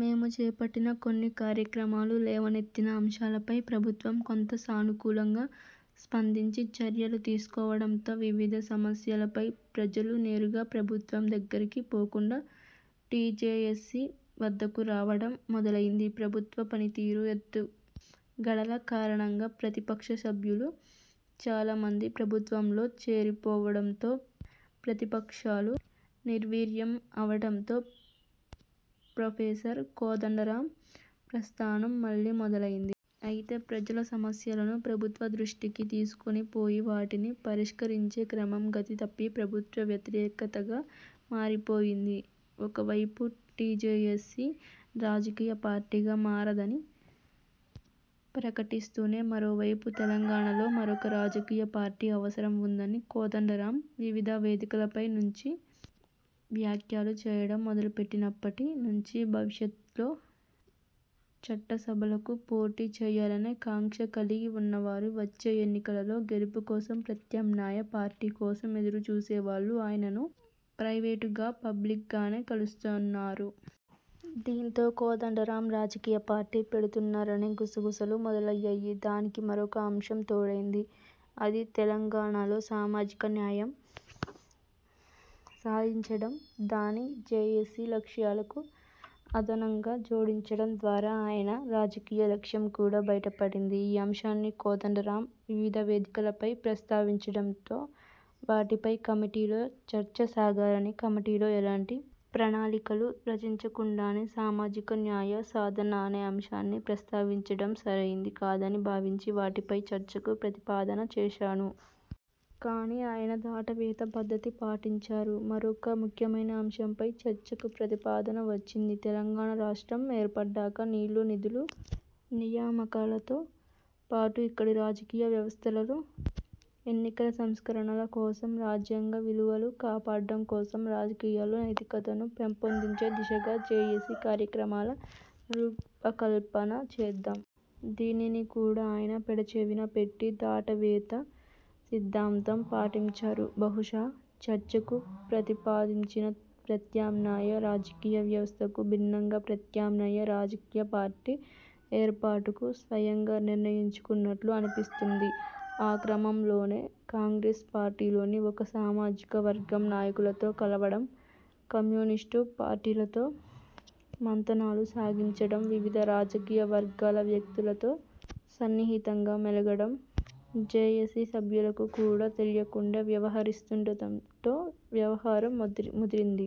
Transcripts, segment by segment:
మేము చేపట్టిన కొన్ని కార్యక్రమాలు, లేవనెత్తిన అంశాలపై ప్రభుత్వం కొంత సానుకూలంగా స్పందించి చర్యలు తీసుకోవడంతో వివిధ సమస్యలపై ప్రజలు నేరుగా ప్రభుత్వం దగ్గరికి పోకుండా టీజేఏసీ వద్దకు రావడం మొదలైంది. ప్రభుత్వ పనితీరు, ఎత్తుగడల కారణంగా ప్రతిపక్ష సభ్యులు చాలా మంది ప్రభుత్వంలో చేరిపోవడంతో ప్రతిపక్షాలు నిర్వీర్యం అవడంతో ప్రొఫెసర్ కోదండరామ్ ప్రస్థానం మళ్లీ మొదలైంది. అయితే ప్రజల సమస్యలను ప్రభుత్వ దృష్టికి తీసుకొని పోయి వాటిని పరిష్కరించే క్రమం 'గతి తప్పి' ప్రభుత్వ వ్యతిరేకతగా మారిపోయింది. ఒకవైపు టీజేఏసీ రాజకీయ పార్టీగా మారదని ప్రకటిస్తూనే మరోవైపు తెలంగాణలో మరొక రాజకీయ పార్టీ అవసరం ఉందని కోదండరామ్ వివిధ వేదికలపై నుంచి వ్యాఖ్యలు చేయడం మొదలుపెట్టినప్పటి నుంచీ భవిష్యత్లో చట్టసభలకు పోటీ చేయాలనే కాంక్ష కలిగి ఉన్నవారు, వచ్చే ఎన్నికలలో గెలుపు కోసం ప్రత్యామ్నాయ పార్టీ కోసం ఎదురుచూసే వాళ్ళు ఆయనను ప్రైవేటుగా, పబ్లిక్గానే కలుస్తున్నారు. దీంతో కోదండరాం రాజకీయ పార్టీ పెడుతున్నారనే గుసగుసలు మొదలయ్యాయి. దానికి మరొక అంశం తోడైంది. అది 'తెలంగాణలో సామాజిక న్యాయం సాధించడం' దాన్ని జేఏసీ లక్ష్యాలకు అదనంగా జోడించడం ద్వారా ఆయన రాజకీయ లక్ష్యం కూడా బయటపడింది. ఈ అంశాన్ని కోదండరామ్ వివిధ వేదికలపై ప్రస్తావించడంతో వాటిపై కమిటీలో చర్చ సాగాలని కమిటీలో ఎలాంటి ప్రణాళికలు రచించకుండానే సామాజిక న్యాయ సాధన అనే అంశాన్ని ప్రస్తావించడం సరైంది కాదని భావించి వాటిపై చర్చకు ప్రతిపాదన చేశాను. కానీ ఆయన దాటవేత పద్ధతి పాటించారు. మరొక ముఖ్యమైన అంశంపై చర్చకు ప్రతిపాదన వచ్చింది 'తెలంగాణ రాష్ట్రం ఏర్పడ్డాక నీళ్ళు, నిధులు, నియామకాలతో పాటు ఇక్కడి రాజకీయ వ్యవస్థలో ఎన్నికల సంస్కరణల కోసం, రాజ్యాంగ విలువలు కాపాడటం కోసం, రాజకీయాల్లో నైతికతను పెంపొందించే దిశగా జేఏసీ కార్యక్రమాల రూపకల్పన చేద్దాం'. దీనిని కూడా ఆయన పెడచెవిన పెట్టి దాటవేత సిద్ధాంతం పాటించారు. బహుశా చర్చకు ప్రతిపాదించిన ప్రత్యామ్నాయ రాజకీయ వ్యవస్థకు భిన్నంగా ప్రత్యామ్నాయ రాజకీయ పార్టీ ఏర్పాటుకు స్వయంగా నిర్ణయించుకున్నట్లు అనిపిస్తుంది. ఆ క్రమంలోనే కాంగ్రెస్ పార్టీలోని ఒకే సామాజిక వర్గం నాయకులతో కలవడం, కమ్యూనిస్టు పార్టీలతో మంతనాలు సాగించడం వివిధ రాజకీయ వర్గాల వ్యక్తులతో సన్నిహితంగా మెలగడం, జేఏసీ సభ్యులకు కూడా తెలియకుండా వ్యవహరిస్తుండడంతో వ్యవహారం ముదిరింది.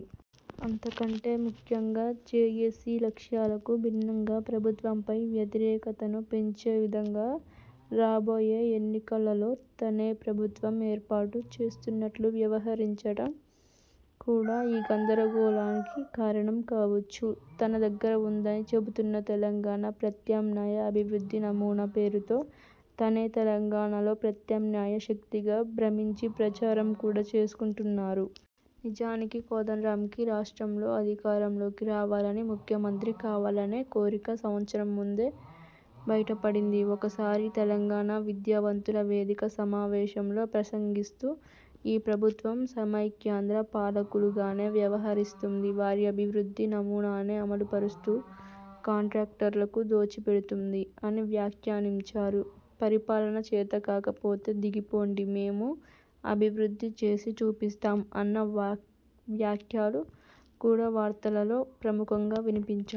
అంతకంటే ముఖ్యంగా జేఏసీ లక్ష్యాలకు భిన్నంగా ప్రభుత్వంపై వ్యతిరేకతను పెంచే విధంగా రాబోయే ఎన్నికలలో తనే ప్రభుత్వం ఏర్పాటు చేస్తున్నట్లు వ్యవహరించటం కూడా ఈ గందరగోళానికి కారణం కావచ్చు. తన దగ్గర ఉందని చెబుతున్న 'తెలంగాణ ప్రత్యామ్నాయ అభివృద్ధి నమూనా' పేరుతో తనే తెలంగాణలో ప్రత్యామ్నాయ శక్తిగా భ్రమించి ప్రచారం కూడా చేసుకుంటున్నారు. నిజానికి కోదండరామ్కి రాష్ట్రంలో అధికారంలోకి రావాలని, ముఖ్యమంత్రి కావాలనే 'కోరిక' సంవత్సరం ముందే బయటపడింది. ఒకసారి తెలంగాణ విద్యావంతుల వేదిక సమావేశంలో ప్రసంగిస్తూ 'ఈ ప్రభుత్వం సమైక్యాంధ్ర పాలకులుగానే వ్యవహరిస్తుంది – వారి అభివృద్ధి నమూనానే అమలు పరుస్తూ కాంట్రాక్టర్లకు దోచిపెడుతుంది' అని వ్యాఖ్యానించారు. 'పరిపాలన చేతకాక పోతే దిగిపోండి, మేము అభివృద్ధి చేసి చూపిస్తాం' అన్న వ్యాఖ్యలు కూడా వార్తలలో ప్రముఖంగా వినిపించాయి.